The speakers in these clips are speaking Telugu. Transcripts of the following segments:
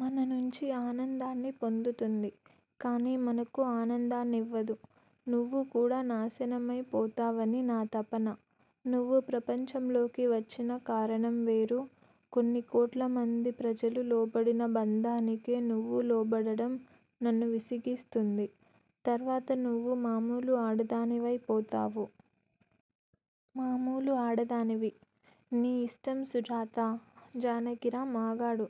మన నుంచి ఆనందాన్ని పొందుతుంది. కాని మనకు ఆనందాన్నివ్వదు. నువ్వు కూడా నాశనమై పోతావని నా తపన. నువ్వు ప్రపంచంలోకి వచ్చిన కారణం వేరు. కొన్ని కోట్ల మంది ప్రజలు లోబడిన బంధానికే నువ్వూ లోబడటం నన్ను విసిగిస్తుంది. తర్వాత నువ్వు మామూలు ఆడదానివై పోతావు. మామూలు ఆడదానివి. నీ ఇష్టం సుజాతా. జానకిరాం ఆగాడు.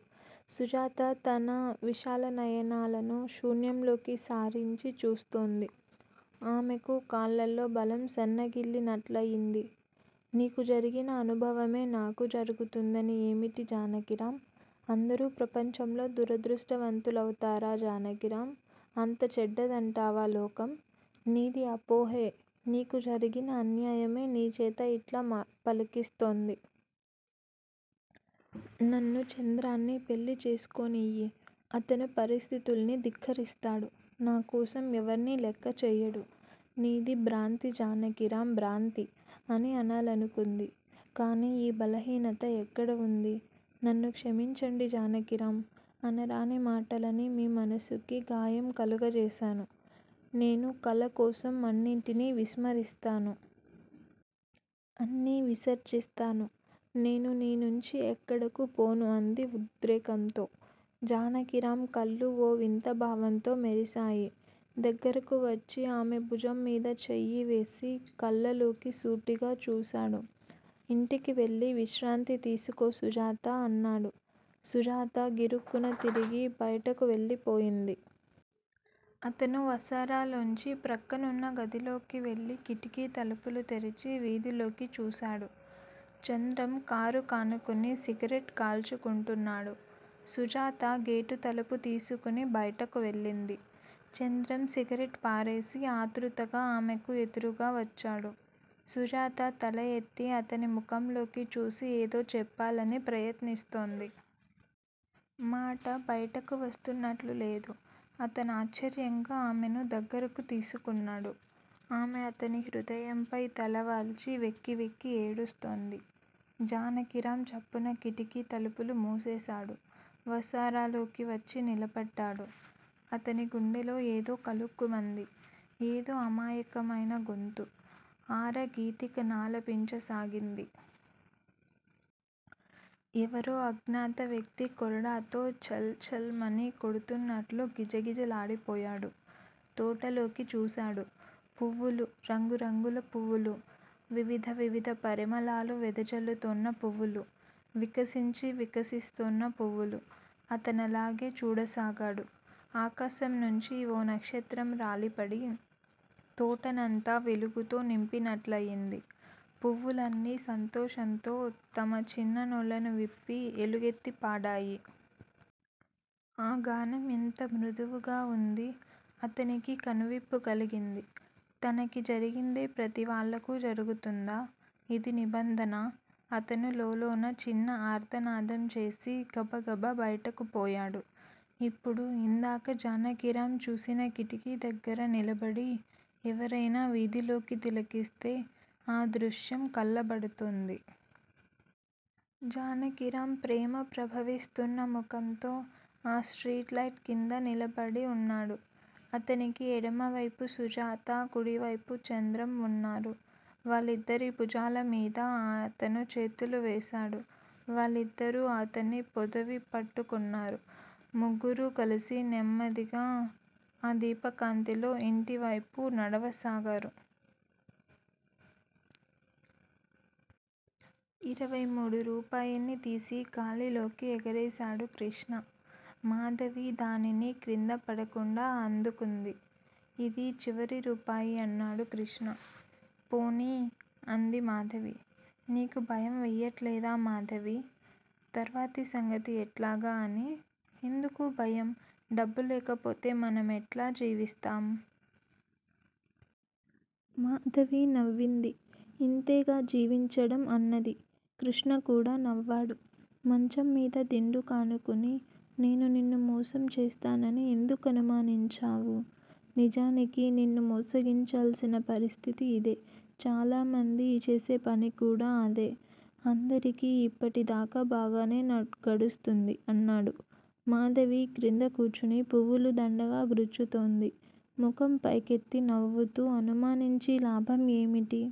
సుజాత తన విశాలనయనాలను శూన్యంలోకి సారించి చూస్తోంది. ఆమెకు కాళ్ళలో బలం సన్నగిల్లినట్లయింది. 'నీకు జరిగిన అనుభవమే నాకు జరుగుతుందని ఏమిటి జానకిరాం? అందరూ ప్రపంచంలో దురదృష్టవంతులౌతారా జానకిరాం? అంత చెడ్డదంటావా లోకం? నీది అపోహే నీకు జరిగిన అన్యాయమే నీ చేత యిట్లా పలికిస్తోంది. నన్ను చంద్రాన్ని పెళ్ళి చేసుకోనియ్యి. అతను పరిస్థితుల్ని ధిక్కరిస్తాడు. నాకోసం ఎవర్నీ లెక్కచెయ్యడు. నీది భ్రాంతి జానకిరాం భ్రాంతి' అని అనాలనుకుంది. కాని ఈ బలహీనత ఎక్కడ ఉంది? నన్ను క్షమించండి జానకిరాం. అనరాని మాటలని మీ మనసుకి గాయం కలుగజేశాను. నేను కళ కోసం అన్నిటినీ విస్మరిస్తాను. అన్నీ విసర్జిస్తాను. నేను నీ నుంచి ఎక్కడకు పోను అంది ఉద్రేకంతో. జానకిరాం కళ్ళు ఓ వింత భావంతో మెరిశాయి. దగ్గరకు వచ్చి ఆమె భుజంమీద చెయ్యివేసి కళ్ళలోకి సూటిగా చూశాడు. ఇంటికి వెళ్ళి విశ్రాంతి తీసుకో సుజాతా! ' అన్నాడు. సుజాత గిరుక్కున తిరిగి బయటకు వెళ్ళిపోయింది. అతను వసారాలోంచి ప్రక్కనున్న గదిలోకి వెళ్ళి కిటికీ తలుపులు తెరిచి వీధిలోకి చూశాడు. చంద్రం కారుకానుకుని సిగరెట్ కాల్చుకుంటున్నాడు. సుజాత గేటు తలుపు తీసుకుని బయటకు వెళ్ళింది. చంద్రం సిగరెట్ పారేసి ఆతృతగా ఆమెకు ఎదురుగా వచ్చాడు. సుజాత తల ఎత్తి అతని ముఖంలోకి చూసి ఏదో చెప్పాలని ప్రయత్నిస్తోంది. మాట బయటకు వస్తున్నట్లు లేదు. అతనాశ్చర్యంగా ఆమెను దగ్గరకు తీసుకున్నాడు. ఆమె అతని హృదయంపై తలవాల్చి వెక్కి వెక్కి ఏడుస్తోంది. జానకిరాం చప్పున కిటికీ తలుపులు మూసేశాడు. వసారాలోకి వచ్చి నిలబడ్డాడు. అతని గుండెలో ఏదో కలుక్కుమంది. ఏదో అమాయకమైన గొంతు. ఆర గీతికనాలపించ సాగింది. ఎవరో అజ్ఞాత వ్యక్తి కొరడాతో ఛళ్ ఛళ్ మని కొడుతున్నట్లు గిజ గిజలాడిపోయాడు. తోటలోకి చూశాడు. పువ్వులు-రంగురంగుల పువ్వులు. వివిధ వివిధ పరిమళాలు వెదజల్లుతోన్న పువ్వులు, వికసించి వికసిస్తోన్న పువ్వులు. అతనలాగే చూడసాగాడు. ఆకాశంనుంచి ఓ నక్షత్రం రాలిపడి తోటనంతా వెలుగుతో నింపినట్లయింది. పువ్వులన్నీ సంతోషంతో తమ చిన్ననోళ్ళను విప్పి ఎలుగెత్తి పాడాయి. ఆ గానం ఎంత మృదువుగా వుంది? అతనికి కనువిప్పు కలిగింది. తనకి జరిగిందే ప్రతి వాళ్ళకూ జరుగుతుందా? ఇది నిబంధనా? అతను లోలోన చిన్న ఆర్తనాదం చేసి గబగబ బయటకు పోయాడు. ఇప్పుడు యిందాక జానకిరాం చూసిన కిటికీ దగ్గర నిలబడి ఎవరైనా వీధిలోకి తిలకిస్తే ఈ దృశ్యం కళ్ళబడుతుంది. జానకిరాం ప్రేమ ప్రభవిస్తూన్న ముఖంతో ఆ స్ట్రీట్ లైట్ క్రింద నిలబడి వున్నాడు. అతనికి ఎడమవైపు సుజాతా, కుడివైపు చంద్రం వున్నారు. వాళ్ళిద్దరి భుజాల మీదా అతను చేతులు వేశాడు. వాళ్ళిద్దరూ అతన్ని పొదివి పట్టుకున్నారు. ముగ్గురూ కలిసి నెమ్మదిగా ఆ దీప కాంతిలో యింటి వైపు నడవసాగారు. ఇరవై మూడు రూపాయిని తీసి గాలిలోకి ఎగరేశాడు కృష్ణ. మాధవి దానిని క్రింద పడకుండా అందుకుంది. 'ఇది చివరి రూపాయి' అన్నాడు కృష్ణ. పోనీ! అంది మాధవి. నీకు భయం వెయ్యటల్లేదా మాధవీ! తర్వాత సంగతి ఎట్లాగా అని ఎందుకూ భయం? డబ్బు లేకపోతే మనమెట్లా జీవిస్తాం? మాధవి నవ్వింది. ఇంతేగా జీవించడం అన్నది. కృష్ణ కూడా నవ్వాడు. మంచం మీద దిండుకానుకుని 'నేను నిన్ను మోసం చేస్తానని ఎందుకనుమానించావు? నిజానికి నిన్ను మోసగించాల్సిన పరిస్థితి యిదే. చాలామంది చేసే పని కూడా అదే. అందరికీ యిప్పటి దాకా బాగానే గడుస్తుంది' అన్నాడు. మాధవి క్రింద కూర్చుని పువ్వులు దండగా గ్రుచ్చుతోంది. ముఖం పైకెత్తి నవ్వుతూ 'అనుమానించి లాభం ఏమిటి?